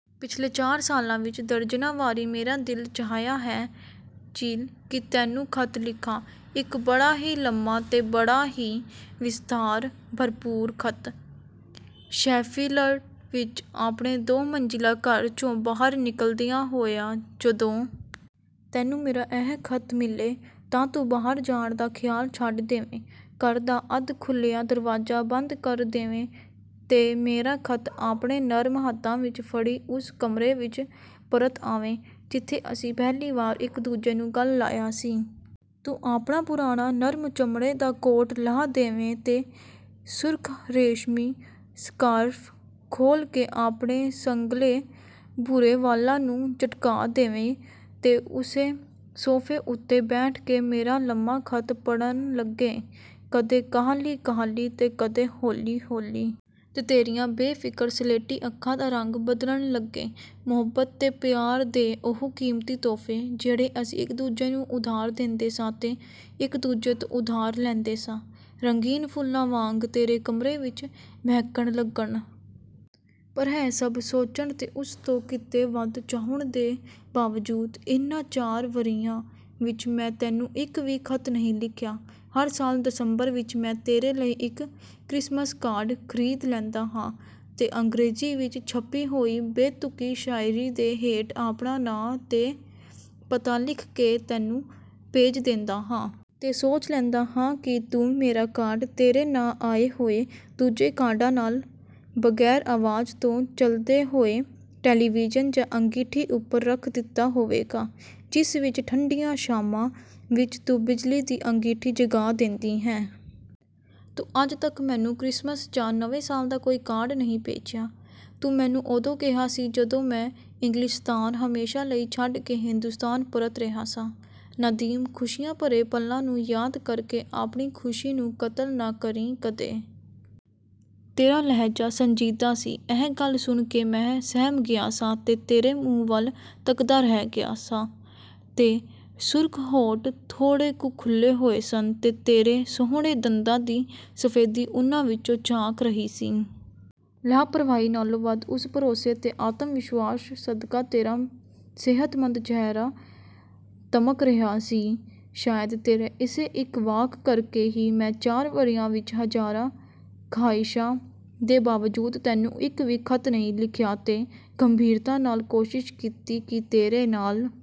ਪਿੱਛਲੇ ਚਾਰ ਸਾਲਾਂ ਵਿੱਚ ਦਰਜਨਾਂ ਵਾਰੀ ਮੇਰਾ ਦਿਲ ਚਾਹਿਆ ਹੈ, ਜਿਲ, ਕਿ ਤੈਨੂੰ ਖ਼ਤ ਲਿਖਾਂ—ਇੱਕ ਬੜਾ ਹੀ ਲੰਮਾ ਤੇ ਬੜਾ ਹੀ ਵਿਸਥਾਰ-ਭਰਪੂਰ ਖ਼ਤ। ਸ਼ੈਫ਼ੀਲਡ ਵਿੱਚ ਆਪਣੇ ਦੋ-ਮੰਜ਼ਿਲਾ ਘਰ 'ਚੋਂ ਬਾਹਰ ਨਿਕਲਦਿਆਂ ਹੋਇਆਂ, ਜਦੋਂ ਤੈਨੂੰ ਮੇਰਾ ਇਹ ਖ਼ਤ ਮਿਲੇ, ਤਾਂ ਤੂੰ ਬਾਹਰ ਜਾਣ ਦਾ ਖ਼ਿਆਲ ਛੱਡ ਦੇਵੇਂ, ਘਰ ਦਾ ਅੱਧ-ਖੁੱਲ੍ਹਿਆ ਦਰਵਾਜ਼ਾ ਬੰਦ ਕਰ ਦੇਵੇਂ ਤੇ ਮੇਰਾ ਖ਼ਤ ਆਪਣੇ ਨਰਮ ਹੱਥਾਂ ਵਿੱਚ ਫੜੀ ਉਸ ਕਮਰੇ ਵਿੱਚ ਪਰਤ ਆਵੇਂ, ਜਿੱਥੇ ਅਸੀਂ ਪਹਿਲੀ ਵਾਰ ਇੱਕ-ਦੂਜੇ ਨੂੰ ਗਲ਼ ਲਾਇਆ ਸੀ। ਤੂੰ ਆਪਣਾ ਪੁਰਾਣਾ ਨਰਮ ਚਮੜੇ ਦਾ ਕੋਟ ਲਾਹ ਦੇਵੇਂ ਤੇ ਸੁਰਖ਼ ਰੇਸ਼ਮੀ ਸਕਾਰਫ਼ ਖੋਲ੍ਹ ਕੇ ਆਪਣੇ ਸੰਘਣੇ ਭੂਰੇ ਵਾਲਾਂ ਨੂੰ ਝਟਕਾ ਦੇਵੇਂ ਤੇ ਉਸੇ ਸੋਫ਼ੇ ਉੱਤੇ ਬੈਠ ਕੇ ਮੇਰਾ ਲੰਮਾ ਖ਼ਤ ਪੜ੍ਹਨ ਲੱਗੇਂ—ਕਦੇ ਕਾਹਲੀ-ਕਾਹਲੀ ਤੇ ਕਦੇ ਹੌਲੀ-ਹੌਲੀ। ਤੇ ਤੇਰੀਆਂ ਬੇਫ਼ਿਕਰ ਸਲੇਟੀ ਅੱਖਾਂ ਦਾ ਰੰਗ ਬਦਲਣ ਲੱਗੇ। ਮੁਹੱਬਤ ਤੇ ਪਿਆਰ ਦੇ ਉਹ ਕੀਮਤੀ ਤੋਹਫ਼ੇ, ਜਿਹੜੇ ਅਸੀਂ ਇੱਕ-ਦੂਜੇ ਨੂੰ ਉਧਾਰ ਦੇਂਦੇ ਸਾਂ ਤੇ ਇੱਕ-ਦੂਜੇ ਤੋਂ ਉਧਾਰ ਲੈਂਦੇ ਸਾਂ, ਰੰਗੀਨ ਫੁੱਲਾਂ ਵਾਂਗ ਤੇਰੇ ਕਮਰੇ ਵਿੱਚ ਮਹਿਕਣ ਲੱਗਣ। ਪਰ ਇਹ ਸਭ ਸੋਚਣ ਤੇ ਉਸ ਤੋਂ ਕਿਤੇ ਵੱਧ ਚਾਹੁਣ ਦੇ ਬਾਵਜੂਦ, ਇਹਨਾਂ ਚਾਰ ਵਰ੍ਹਿਆਂ ਵਿੱਚ ਮੈਂ ਤੈਨੂੰ ਇੱਕ ਵੀ ਖ਼ਤ ਨਹੀਂ ਲਿਖਿਆ। ਹਰ ਸਾਲ ਦਸੰਬਰ ਵਿੱਚ ਮੈਂ ਤੇਰੇ ਲਈ ਇੱਕ ਕ੍ਰਿਸਮਿਸ ਕਾਰਡ ਖ਼ਰੀਦ ਲੈਂਦਾ ਹਾਂ ਤੇ ਅੰਗਰੇਜ਼ੀ ਵਿੱਚ ਛਪੀ ਹੋਈ ਬੇਤੁਕੀ ਸ਼ਾਇਰੀ ਦੇ ਹੇਠ ਆਪਣਾ ਨਾਂ ਤੇ ਪਤਾ ਲਿਖ ਕੇ ਤੈਨੂੰ ਭੇਜ ਦੇਂਦਾ ਹਾਂ। ਤੇ ਸੋਚ ਲੈਂਦਾ ਹਾਂ ਕਿ ਤੂੰ ਮੇਰਾ ਕਾਰਡ ਤੇਰੇ ਨਾਂ ਆਏ ਹੋਏ ਦੂਜੇ ਕਾਰਡਾਂ ਨਾਲ, ਬਗ਼ੈਰ ਆਵਾਜ਼ ਤੋਂ ਚੱਲਦੇ ਹੋਏ ਟੈਲੀਵੀਜ਼ਨ ਜਾਂ ਅੰਗੀਠੀ ਉੱਪਰ ਰੱਖ ਦਿੱਤਾ ਹੋਵੇਗਾ, ਜਿਸ ਵਿੱਚ ਠੰਡੀਆਂ ਸ਼ਾਮਾਂ ਵਿੱਚ ਤੂੰ ਬਿਜਲੀ ਦੀ ਅੰਗੀਠੀ ਜਗਾ ਦੇਂਦੀ ਹੈਂ। ਤੂੰ ਅੱਜ ਤੱਕ ਮੈਨੂੰ ਕ੍ਰਿਸਮਿਸ ਜਾਂ ਨਵੇਂ ਸਾਲ ਦਾ ਕੋਈ ਕਾਰਡ ਨਹੀਂ ਭੇਜਿਆ। ਤੂੰ ਮੈਨੂੰ ਉਦੋਂ ਕਿਹਾ ਸੀ, ਜਦੋਂ ਮੈਂ ਇੰਗਲਿਸਤਾਨ ਹਮੇਸ਼ਾ ਲਈ ਛੱਡ ਕੇ ਹਿੰਦੁਸਤਾਨ ਪਰਤ ਰਿਹਾ ਸਾਂ, "ਨਦੀਮ, ਖੁਸ਼ੀਆਂ ਭਰੇ ਪਲਾਂ ਨੂੰ ਯਾਦ ਕਰਕੇ ਆਪਣੀ ਖੁਸ਼ੀ ਨੂੰ ਕਤਲ ਨਾ ਕਰੀਂ ਕਦੇ।" ਤੇਰਾ ਲਹਿਜ਼ਾ ਸੰਜੀਦਾ ਸੀ। ਇਹ ਗੱਲ ਸੁਣ ਕੇ ਮੈਂ ਸਹਿਮ ਗਿਆ ਸਾਂ ਤੇ ਤੇਰੇ ਮੂੰਹ ਵੱਲ ਤੱਕਦਾ ਰਹਿ ਗਿਆ ਸਾਂ। ਤੇਰੇ ਸੁਰਖ਼ ਹੋਂਠ ਥੋੜ੍ਹੇ ਕੁ ਖੁੱਲ੍ਹੇ ਹੋਏ ਸਨ ਤੇ ਤੇਰੇ ਸੋਹਣੇ ਦੰਦਾਂ ਦੀ ਸਫ਼ੇਦੀ ਉਹਨਾਂ ਵਿੱਚੋਂ ਝਾਕ ਰਹੀ ਸੀ। ਲਾਪ੍ਰਵਾਹੀ ਨਾਲੋਂ ਵੱਧ ਉਸ ਭਰੋਸੇ ਤੇ ਆਤਮ-ਵਿਸ਼ਵਾਸ ਸਦਕਾ ਤੇਰਾ ਸਿਹਤਮੰਦ ਚਿਹਰਾ ਦਮਕ ਰਿਹਾ ਸੀ। ਸ਼ਾਇਦ ਤੇਰੇ ਇਸੇ ਇੱਕ ਵਾਕ ਕਰਕੇ ਹੀ ਮੈਂ ਚਾਰ ਵਰ੍ਹਿਆਂ ਵਿੱਚ ਹਜ਼ਾਰਾਂ ਖ਼ਾਹਿਸ਼ਾਂ ਦੇ ਬਾਵਜੂਦ ਤੈਨੂੰ ਇੱਕ ਵੀ ਖ਼ਤ ਨਹੀਂ ਲਿਖਿਆ ਤੇ ਗੰਭੀਰਤਾ ਨਾਲ ਕੋਸ਼ਿਸ਼ ਕੀਤੀ ਕਿ ਤੇਰੇ ਨਾਲ...